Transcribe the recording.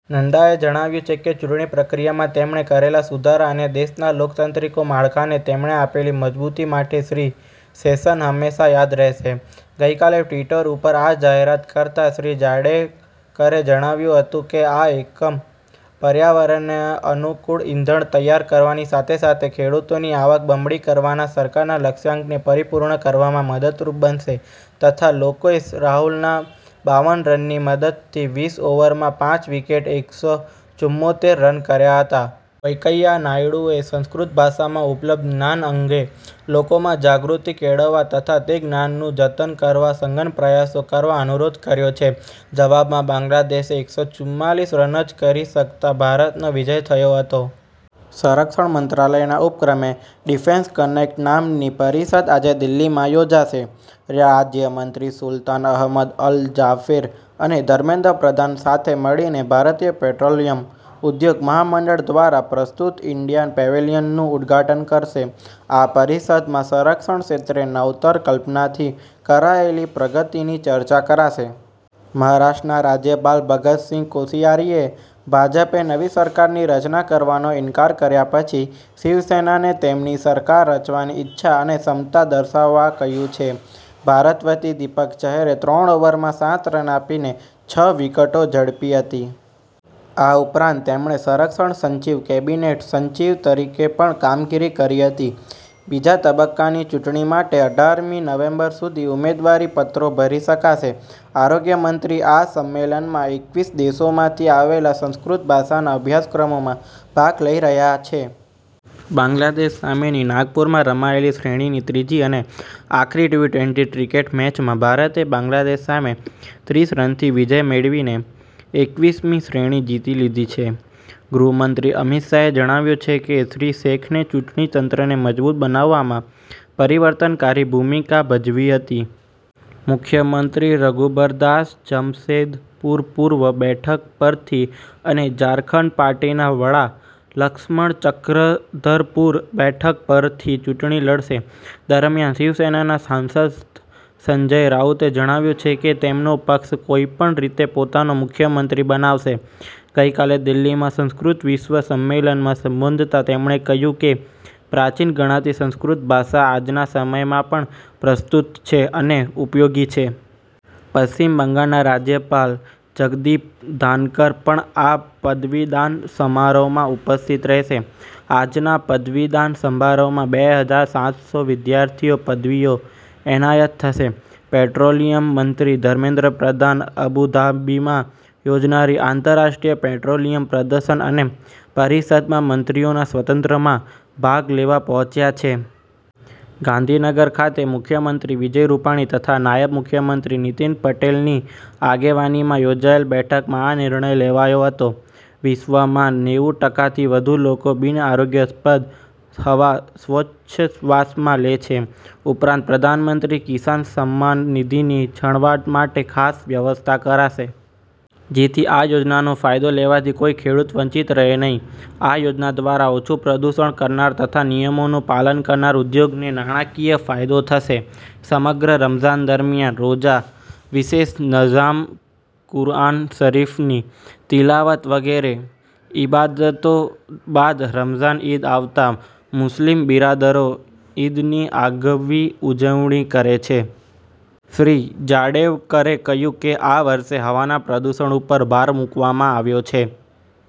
નડ્ડાએ જણાવ્યું છે કે ચૂંટણી પ્રક્રિયામાં તેમણે કરેલા સુધારા અને દેશના લોકતાંત્રિક માળખાને તેમણે આપેલી મજબૂતી માટે શ્રી શેષન હંમેશા યાદ રહેશે. ગઈકાલે ટવિટર ઉપર આ જાહેરાત કરતા શ્રી જાવડેકરે જણાવ્યું હતું કે આ એકમ પર્યાવરણને અનુકૂળ ઈંધણ તૈયાર કરવાની સાથે-સાથે ખેડૂતોની આવક બમણી કરવાના સરકારના લક્ષ્યાંકને પરિપૂર્ણ કરવામાં મદદરૂપ બનશે, તથા લોકેશ રાહુલના બાવન રનની મદદથી વીસ ઓવરમાં પાંચ વિકેટે એક સો ચુમોતેર રન કર્યા હતા. વેંકૈયા નાયડુએ સંસ્કૃત ભાષામાં ઉપલબ્ધ જ્ઞાન અંગે લોકોમાં જાગૃતિ કેળવવા તથા તે જ્ઞાનનું જતન કરવા સઘન પ્રયાસો કરવા અનુરોધ કર્યો છે. જવાબમાં બાંગ્લાદેશ એક સો ચુંમાલીસ રન જ કરી શકતા ભારતનો વિજય થયો હતો. સંરક્ષણ મંત્રાલયના ઉપક્રમે ડિફેન્સ કનેક્ટ નામની પરિષદ આજે દિલ્હીમાં યોજાશે. રાજ્યમંત્રી સુલતાન અહમદ અલ જાબેર અને ધર્મેન્દ્ર પ્રધાન સાથે મળીને ભારતીય પેટ્રોલિયમ ઉદ્યોગ મહામંડળ દ્વારા પ્રસ્તુત ઈન્ડિયા પેવેલીયનનું ઉદઘાટન કરશે. આ પરિષદમાં સંરક્ષણ ક્ષેત્રે નવતર કલ્પનાથી કરાયેલી પ્રગતિની ચર્ચા કરાશે. મહારાષ્ટ્રના રાજ્યપાલ ભગતસિંહ કોશીયારીએ ભાજપે નવી સરકારની રચના કરવાનો ઈનકાર કર્યા પછી શિવસેનાને તેમની સરકાર રચવાની ઈચ્છા અને ક્ષમતા દર્શાવવા કહ્યું છે. ભારત વતી દીપક ચહરે ત્રણ ઓવરમાં સાત રન આપીને છ વિકેટો ઝડપી હતી. આ ઉપરાંત તેમણે સંરક્ષણ સચિવ કેબિનેટ સચિવ તરીકે પણ કામગીરી કરી હતી. બીજા તબક્કાની ચૂંટણી માટે અઢારમી નવેમ્બર સુધી ઉમેદવારી પત્રો ભરી શકાશે. આરોગ્યમંત્રી આ સંમેલનમાં એકવીસ દેશોમાંથી આવેલા સંસ્કૃત ભાષાના અભ્યાસક્રમોમાં ભાગ લઈ રહ્યા છે. બાંગ્લાદેશ સામેની નાગપુરમાં રમાયેલી શ્રેણીની ત્રીજી અને આખરી ટી-ટવેન્ટી ક્રિકેટ મેચમાં ભારતે બાંગ્લાદેશ સામે ત્રીસ રનથી વિજય મેળવીને એકવીસમી શ્રેણી જીતી લીધી છે. ગૃહમંત્રી અમિત શાહે જણાવ્યું છે કે શ્રી શેષને ચૂંટણી તંત્રને મજબૂત બનાવવામાં પરિવર્તનકારી ભૂમિકા ભજવી હતી. મુખ્યમંત્રી રઘુબરદાસ જમશેદપુરપૂર્વ બેઠક પરથી અને ઝારખંડ પાર્ટીના વડા લક્ષ્મણ ચક્રધરપુર બેઠક પરથી ચૂંટણી લડશે. દરમ્યાન શિવસેનાના સાંસદ સંજય રાઉતે જણાવ્યું છે કે, તેમનો પક્ષ કોઈપણ રીતે પોતાનો મુખ્યમંત્રી બનાવશે. ગઈકાલે દિલ્હીમાં સંસ્કૃત વિશ્વ સંમેલનમાં સંબોધતા તેમણે કહ્યું કે પ્રાચીન ગણાતી સંસ્કૃત ભાષા આજના સમયમાં પણ પ્રસ્તૃત છે અને ઉપયોગી છે. પશ્ચિમ બંગાળના રાજ્યપાલ જગદીપ ધાનકર પણ આ પદવીદાન સમારોહમાં ઉપસ્થિત રહેશે. આજના પદવીદાન સમારંભમાં બે હજાર સાત સો વિદ્યાર્થીઓને પદવીઓ એનાયત થશે. પેટ્રોલિયમ મંત્રી ધર્મેન્દ્ર પ્રધાન અબુધાબીમાં યોજાનારી આંતરરાષ્ટ્રીય પેટ્રોલિયમ પ્રદર્શન અને પરિષદમાં મંત્રીઓના સત્રમાં ભાગ લેવા પહોંચ્યા છે. ગાંધીનગર ખાતે મુખ્યમંત્રી વિજય રૂપાણી તથા નાયબ મુખ્યમંત્રી નિતિન પટેલની આગેવાનીમાં યોજાયેલ બેઠકમાં આ નિર્ણય લેવાયો હતો. વિશ્વમાં નેવું ટકાથી વધુ લોકો બિન આરોગ્યપ્રદ હવા શ્વાસોચ્છવાસમાં લે છે. ઉપરાંત પ્રધાનમંત્રી કિસાન સન્માન નિધિની છણાવટ માટે ખાસ વ્યવસ્થા કરાશે. જેથી આ યોજનાનો ફાયદો લેવાથી કોઈ ખેડૂત વંચિત રહે નહીં. આ યોજના દ્વારા ઓછુ પ્રદૂષણ કરનારા તથા નિયમોનું પાલન કરનારા ઉદ્યોગોને નાણાકીય ફાયદો થશે. સમગ્ર રમઝાન દરમિયાન રોજા વિશેષ નમાઝ કુરઆન શરીફની તિલાવત વગેરે ઈબાદતો બાદ રમઝાન ઈદ આવતા મુસ્લિમ બિરાદરો ઈદની આગવી ઉજવણી કરે છે. શ્રી જાવડેકરે કહ્યું કે આ વર્ષે હવાના પ્રદૂષણ ઉપર ભાર મૂકવામાં આવ્યો છે.